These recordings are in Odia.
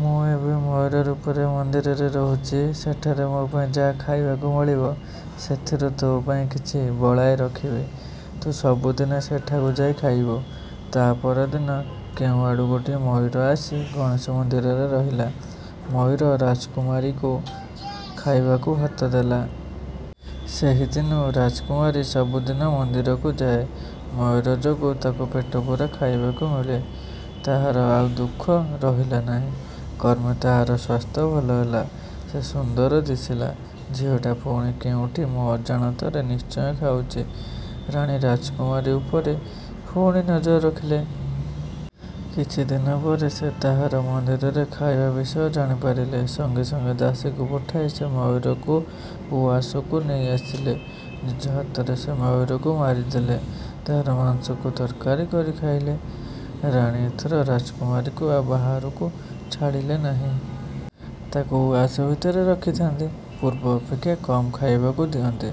ମୁଁ ଏବେ ମୟୂର ରୂପରେ ମନ୍ଦିରରେ ରହୁଛି। ସେଠାରେ ମୋ ପାଇଁ ଯାହା ଖାଇବାକୁ ମିଳିବ, ସେଥିରୁ ତୋ ପାଇଁ କିଛି ବଳାଇ ରଖିବି। ତୁ ସବୁଦିନେ ସେଠାକୁ ଯାଇ ଖାଇବୁ। ତା ପରଦିନ କେଉଁଆଡ଼ୁ ଗୋଟିଏ ମୟୂର ଆସି ଗଣେଶ ମନ୍ଦିରରେ ରହିଲା। ମୟୂର ରାଜକୁମାରୀକୁ ଖାଇବାକୁ ଭାତ ଦେଲା। ସେହି ଦିନୁ ରାଜକୁମାରୀ ସବୁଦିନ ମନ୍ଦିରକୁ ଯାଏ। ମୟୂର ଯୋଗୁ ତାକୁ ପେଟପୂରା ଖାଇବାକୁ ମିଳେ। ତାହାର ଆଉ ଦୁଃଖ ରହିଲା ନାହିଁ। କ୍ରମେ ତାହାର ସ୍ୱାସ୍ଥ୍ୟ ଭଲ ହେଲା। ସେ ସୁନ୍ଦର ଦିଶିଲା। ଝିଅଟା ପୁଣି କେଉଁଠି ମୋ ଅଜାଣତରେ ନିଶ୍ଚୟ ଖାଉଛି। ରାଣୀ ରାଜକୁମାରୀ ଉପରେ ପୁଣି ନଜର ରଖିଲେ। କିଛି ଦିନ ପରେ ସେ ତାହାର ମନ୍ଦିରରେ ଖାଇବା ବିଷୟ ଜାଣିପାରିଲେ। ସଙ୍ଗେ ସଙ୍ଗେ ଦାସୀକୁ ପଠାଇ ସେ ମୟୂରକୁ ଉଆସକୁ ନେଇଆସିଲେ। ନିଜ ହାତରେ ସେ ମୟୂରକୁ ମାରିଦେଲେ। ତାହାର ମାଂସକୁ ତରକାରି କରି ଖାଇଲେ। ରାଣୀ ଏଥର ରାଜକୁମାରୀକୁ ଆଉ ବାହାରକୁ ଛାଡ଼ିଲେ ନାହିଁ। ତାକୁ ଉଆସ ଭିତରେ ରଖିଥାନ୍ତି। ପୂର୍ବ ଅପେକ୍ଷା କମ୍ ଖାଇବାକୁ ଦିଅନ୍ତି।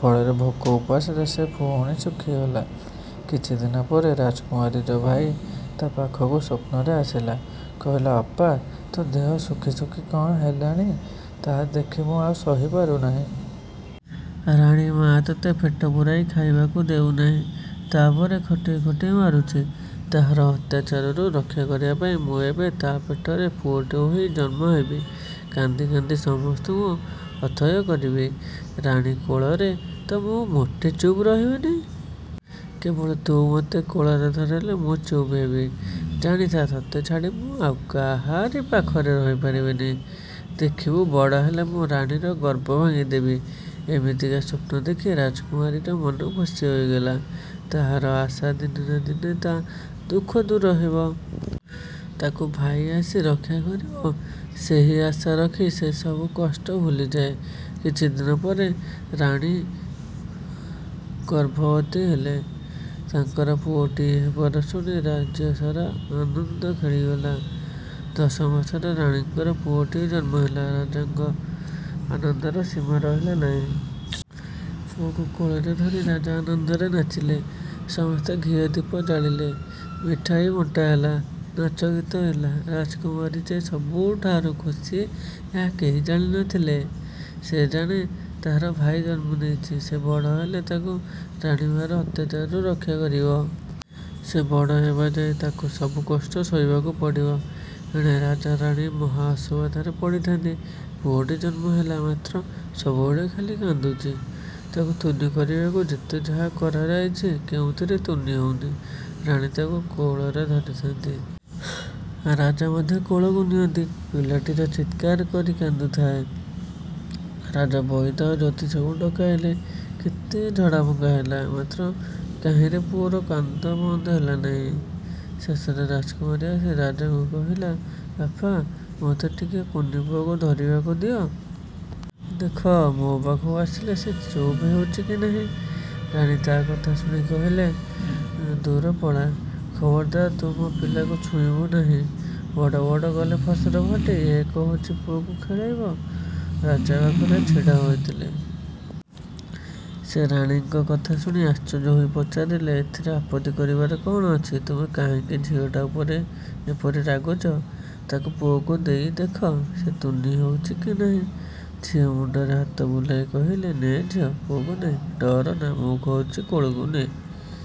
ଫଳରେ ଭୋକ ଉପାସରେ ସେ ପୁଣି ଶୁଖିଗଲା। କିଛି ଦିନ ପରେ ରାଜକୁମାରୀର ଭାଇ ତା ପାଖକୁ ସ୍ୱପ୍ନରେ ଆସିଲା। କହିଲା, ଅପା! ତୋ ଦେହ ଶୁଖି ଶୁଖି କ'ଣ ହେଲାଣି! ତାହା ଦେଖି ମୁଁ ଆଉ ସହିପାରୁନାହିଁ। ରାଣୀ ମାଆ ତୋତେ ପେଟ ପୂରାଇ ଖାଇବାକୁ ଦେଉନାହିଁ। ତା ପରେ ଖଟେଇ ଖଟେଇ ମାରୁଛି। ତାହାର ଅତ୍ୟାଚାରରୁ ରକ୍ଷା କରିବା ପାଇଁ ମୁଁ ଏବେ ତା ପେଟରେ ପୁଅଟିଏ ହୋଇ ଜନ୍ମ ହେବି। କାନ୍ଦି କାନ୍ଦି ସମସ୍ତଙ୍କୁ ଅଥୟ କରିବି। ରାଣୀ କୋଳରେ ତ ମୁଁ ମୋଟେ ଚୁପ ରହିବିନି। କେବଳ ତୁ ମୋତେ କୋଳରେ ଧରିଲେ ମୁଁ ଚୁପ ହେବି। ଜାଣିଥା ତୋତେ ଛାଡ଼ି ମୁଁ ଆଉ କାହାରି ପାଖରେ ରହିପାରିବିନି। ଦେଖିବୁ, ବଡ଼ ହେଲେ ମୁଁ ରାଣୀର ଗର୍ବ ଭାଙ୍ଗି ଦେବି। ଏମିତିକା ସ୍ୱପ୍ନ ଦେଖି ରାଜକୁମାରୀର ମନ ଖୁସି ହୋଇଗଲା। ତାହାର ଆଶା, ଦିନେ ନା ଦିନେ ତା ଦୁଃଖ ଦୂର ହେବ। ତାକୁ ଭାଇ ଆସି ରକ୍ଷା କରିବ। ସେହି ଆଶା ରଖି ସେ ସବୁ କଷ୍ଟ ଭୁଲିଯାଏ। କିଛି ଦିନ ପରେ ରାଣୀ ଗର୍ଭବତୀ ହେଲେ। ତାଙ୍କର ପୁଅଟିଏ ହେବାର ଶୁଣି ରାଜ୍ୟ ସାରା ଆନନ୍ଦ ଖେଳିଗଲା। ଦଶ ମାସରେ ରାଣୀଙ୍କର ପୁଅଟିଏ ଜନ୍ମ ହେଲା। ରାଜାଙ୍କ ଆନନ୍ଦର ସୀମା ରହିଲା ନାହିଁ। ପୁଅକୁ କୋଳରେ ଧରି ରାଜା ଆନନ୍ଦରେ ନାଚିଲେ। ସମସ୍ତେ ଘିଅ ଦୀପ ଜାଳିଲେ। ମିଠାଇ ବଣ୍ଟା ହେଲା। ନାଚଗୀତ ହେଲା। ରାଜକୁମାରୀ ଯେ ସବୁଠାରୁ ଖୁସି ଏହା କେହି ଜାଣି ନ ଥିଲେ। ସେ ଜାଣେ, ତାହାର ଭାଇ ଜନ୍ମ ନେଇଛି। ସେ ବଡ଼ ହେଲେ ତାକୁ ରାଣୀ ମାଆର ଅତ୍ୟାଚାରରୁ ରକ୍ଷା କରିବ। ସେ ବଡ଼ ହେବା ଯାଏ ତାକୁ ସବୁ କଷ୍ଟ ସହିବାକୁ ପଡ଼ିବ। ଏଣେ ରାଜା ରାଣୀ ମହା ଅସୁବିଧାରେ ପଡ଼ିଥାନ୍ତି। ପୁଅଟି ଜନ୍ମ ହେଲା, ମାତ୍ର ସବୁବେଳେ ଖାଲି କାନ୍ଦୁଛି। ତାକୁ ତୁନି କରିବାକୁ ଯେତେ ଯାହା କରାଯାଇଛି, କେଉଁଥିରେ ତୁନି ହେଉନି। ରାଣୀ ତାକୁ କୋଳରେ ଧରିଥାନ୍ତି। ରାଜା ମଧ୍ୟ କୋଳକୁ ନିଅନ୍ତି। ପିଲାଟି ଚିତ୍କାର କରି କାନ୍ଦୁଥାଏ। ରାଜା ବଇଦ, ଜ୍ୟୋତିଷଙ୍କୁ ଡକାଇଲେ। କେତେ ଝଡ଼ାଫୁଙ୍କା ହେଲା, ମାତ୍ର କାହିଁରେ ପୁଅର କାନ୍ଦ ବନ୍ଦ ହେଲା ନାହିଁ। ଶେଷରେ ରାଜକୁମାରୀ ଆସି ରାଜାଙ୍କୁ କହିଲା, ବାପା, ମୋତେ ଟିକିଏ କୁନି ପୁଅକୁ ଧରିବାକୁ ଦିଅ। ଦେଖ, ମୋ ପାଖକୁ ଆସିଲେ ସେ ଚୁପ ହେଉଛି କି ନାହିଁ। ରାଣୀ ତା କଥା ଶୁଣି କହିଲେ, ଦୂର ପଳା। ଖବରଦାର, ତୁ ମୋ ପିଲାକୁ ଛୁଇଁବୁ ନାହିଁ। ବଡ଼ ବଡ଼ ଗଲେ ଫସର ଫାଟି, ଏ କହୁଛି ପୁଅକୁ ଖେଳେଇବ? ରାଜା ପାଖରେ ଛିଡ଼ା ହୋଇଥିଲେ। ସେ ରାଣୀଙ୍କ କଥା ଶୁଣି ଆଶ୍ଚର୍ଯ୍ୟ ହୋଇ ପଚାରିଲେ, ଏଥିରେ ଆପତ୍ତି କରିବାର କ'ଣ ଅଛି? ତୁମେ କାହିଁକି ଝିଅଟା ଉପରେ ଏପରି ରାଗୁଛ? ତାକୁ ପୁଅକୁ ଦେଇ ଦେଖ, ସେ ତୁନି ହେଉଛି କି ନାହିଁ। ଝିଅ ମୁଣ୍ଡରେ ହାତ ବୁଲାଇ କହିଲେ, ନେ ଝିଅ, ପୁଅକୁ ନେ। ଡରନା, ମୁଁ କହୁଛି କୋଳକୁ ନେ।